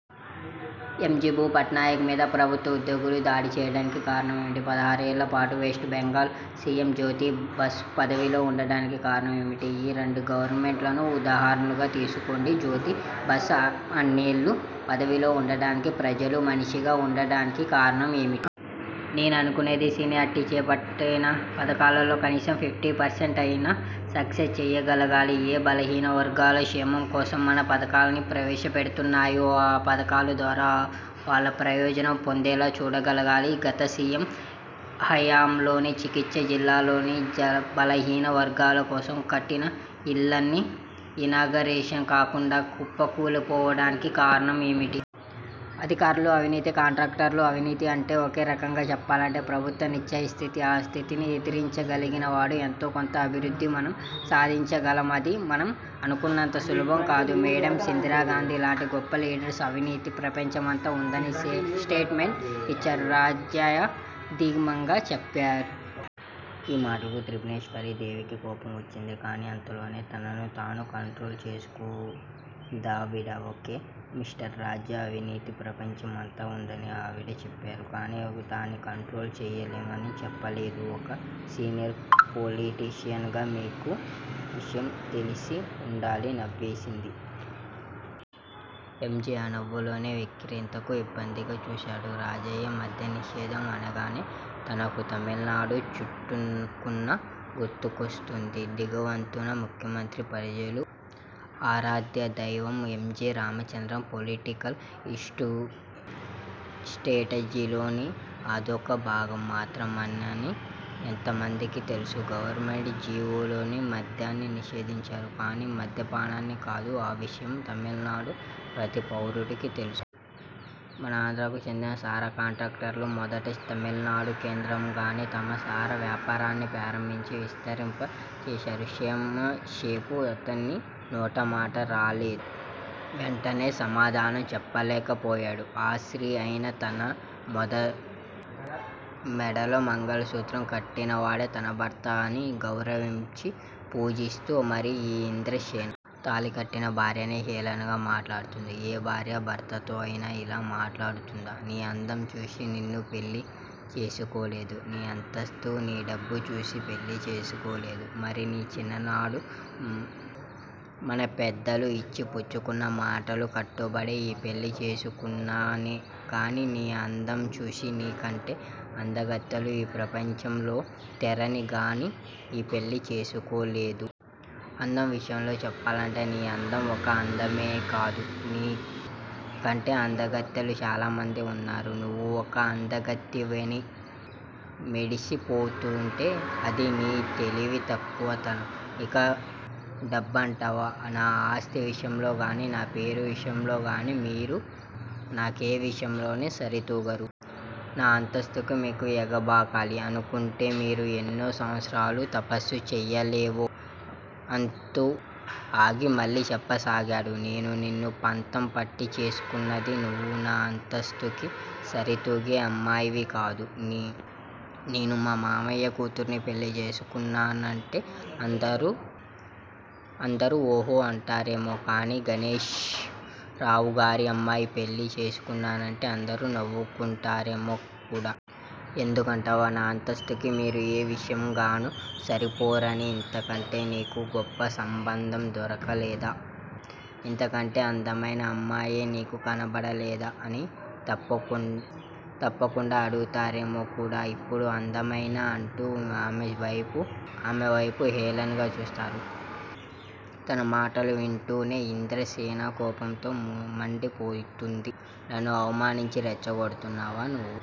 ఎం. G బూ పట్నాయక్ మీద ప్రభుత్వోద్యోగులే దాడి చెయ్యడానికి కారణం ఏమిటి? పదహారేళ్ళ పాటు west Bengal C M Jyoti Basu పదవిలో ఉండడానికి కారణం ఏమిటి? ఈ రెండు గవర్నమెంట్లనూ, ఉదాహరణలుగా తీసుకోండి జ్యోతి బసు అన్నేళ్ళు పదవిలో ఉండడానికి, ప్రజల మనిషిగా ఉండడానికి కారణం ఏమిటి? నేననుకునేది సిన్సియార్టీ చేపట్టిన పధకాలు కనీసం ఫిఫ్టీ పర్సెంట్ అయినా సక్సస్ చెయ్యగలగాలి ఏ బలహీన వర్గాల క్షేమం కోసం, మనం పధకాల్ని ప్రవేశపెడుతున్నామో ఆ పధకాల ద్వారా వాళ్ళు ప్రయోజనం పొందేలా చూడగలగాలి గత సి. ఎమ్. హయాంలో చిత్తూరు జిల్లాలో బలహీన వర్గాల కోసం కట్టిన ఇళ్ళన్నీ, ఇనాగరేషన్ కాకుండానే కుప్పకూలిపోవడానికి కారణం ఏమిటి? అధికారుల అవినీతి- కంట్రాక్టర్ల అవినీతి అంటే ఒక రకంగా చెప్పాలంటే ప్రభుత్వ నిస్సహాయస్థితి ఆ స్థితిని ఎదిరించగలిగిన నాడు ఎంతో కొంత అభివృద్దిని మనం సాధించగలం అది మనం అనుకున్నంత సులభం కాదు మేడమ్ ఇందిరాగాంధీ లాంటి గొప్ప లీడర్ అవినీతి ప్రపంచమంతా ఉందని స్టేట్ మెంటు ఇచ్చారు రాజయ్య ధీమాగా చెప్పాడు. ఆ మాటకు త్రిభువనేశ్వరీ దేవికి కోపం వచ్చింది. కానీ అంతలోనే తనను తాను కంట్రోల్ చేసుకుందావిడ. ఒ. కే మిస్టర్ రాజ్యా అవినీతి ప్రపంచమంతటా ఉందని ఆవిడ చెప్పారు కానీ దాన్ని కంట్రోల్ చెయ్యలేం అని చెప్పలేదు. ఒక సీనియర్ పొలిటీషియన్ గా మీకా విషయం తెలిసీ ఉండాలి నవ్వింది సి. ఎమ్. ఆ నవ్వులోని వెక్కిరింతకు ఇబ్బందిగా చూసాడు రాజయ్య. మద్యనిషేధం అనగానే మనకు తమిళనాడు చటుక్కున గుర్తుకొస్తుంది. దివంగత ముఖ్యమంత్రి, ప్రజల ఆరాధ్యదైవం ఎంజి రామచంద్రన్ పొలిటికల్ స్ట్రేటజీలో అదొక భాగం మాత్రమేనని ఎంతమందికి తెలుసు గవర్నమెంట్ జీవోల్లో మద్యాన్ని నిషేధించారు. కానీ మద్యపానాన్ని కాదు ఆ విషయం తమిళనాడులోని ప్రతి పౌరుడికీ తెలుసు. మన ఆంధ్రాకు చెందిన సారా కాంట్రాక్టర్లు మొదట తమిళనాడు కేంద్రంగానే తమ సారా వ్యాపారాన్ని ప్రారంభించి విస్తరింప చేశారు. క్షణంసేపు అతని నోటమాట రాలేదు. వెంటనే సమాధానం చెప్పలేకపోయాడు. ఆ స్త్రీ అయినా తన మెడలో మంగళసూత్రం కట్టినవాడే తన భర్త అని గౌరవించి పూజిస్తుంది మరి ఈ ఇంద్ర సేన! తాళికట్టిన భర్తనే హేళనగా మాట్లాడుతుంది. ఏ భార్య భర్తతో అయినా ఇలా మాట్లాడుతుందా? నీ అందం చూసి నిన్ను పెళ్ళి చేసుకోలేదు. నీ అంతస్తు, నీ డబ్బు చూసి పెళ్ళి చేసుకోలేదు. మరి! చిన్ననాడు మన పెద్దలు ఇచ్చి పుచ్చుకున్న మాటకు కట్టుబడి ఈ పెళ్ళి చేసుకున్నానే గాని నీ అందంచూసి నీకంటే అందగత్తెలు ఈ ప్రపంచంలో లేరని గాని ఈ పెళ్ళి చేసుకోలేదు. అందం విషయంలో చెప్పాలంటే నీ అందం ఒక అందమే కాదు. నీకంటే అందగత్తెలు చాలామంది ఉన్నారు. నువ్వు ఒక అందగత్తెవని మిడిసి పోతుంటే అది నీ తెలివి తక్కువ తనం. ఇక డబ్బంటావా! నా ఆస్తి విషయంలో గాని నా పేరు విషయంలో గాని మీరు నాకే విధంగా సరితూగలేరు. నా అంతస్తుకి మీరు ఎగబ్రాకాలి అనుకుంటే మీరు ఎన్నో సంవత్సరాలు తపస్సు చెయ్యాలేమో! అంటూ ఆగి మళ్ళీ చెప్ప సాగాడు. నేను నిన్ను పంతం పట్టి చేసుకున్నది నువ్వు నా అంతస్తుకి సరితూగే అమ్మాయివికాదు. నేను మా మామయ్య కూతురిని పెళ్ళి చేసుకున్నానంటే అందరూ ఓహో అంటారేమో కాని గణేశ్ రావు గారి అమ్మాయిని పెళ్ళి చేసుకున్నానంటే అందరూ నవ్వుకుంటారేమో కూడా. ఎందుకు అంటావా? నా అంతస్తుకి మీరు ఏ విధంగాను సరిపోరని ఇంతకంటే నీకు గొప్ప సంబంధం దొరకలేదా! ఇంతకంటే అందమైన అమ్మాయే నీకు కనిపించలేదా అని తప్పకుండా అడుగుతారేమో కూడా, ఇప్పుడు అర్ధమైందా అంటూ ఆమె వైపు హేళనగా చూశాడు. అతని మాటలు వింటూనే ఇంద్ర సేన కోపంతో మండి పోయింది. నన్ను అవమానించి రెచ్చగొడుతున్నారా! నువ్వు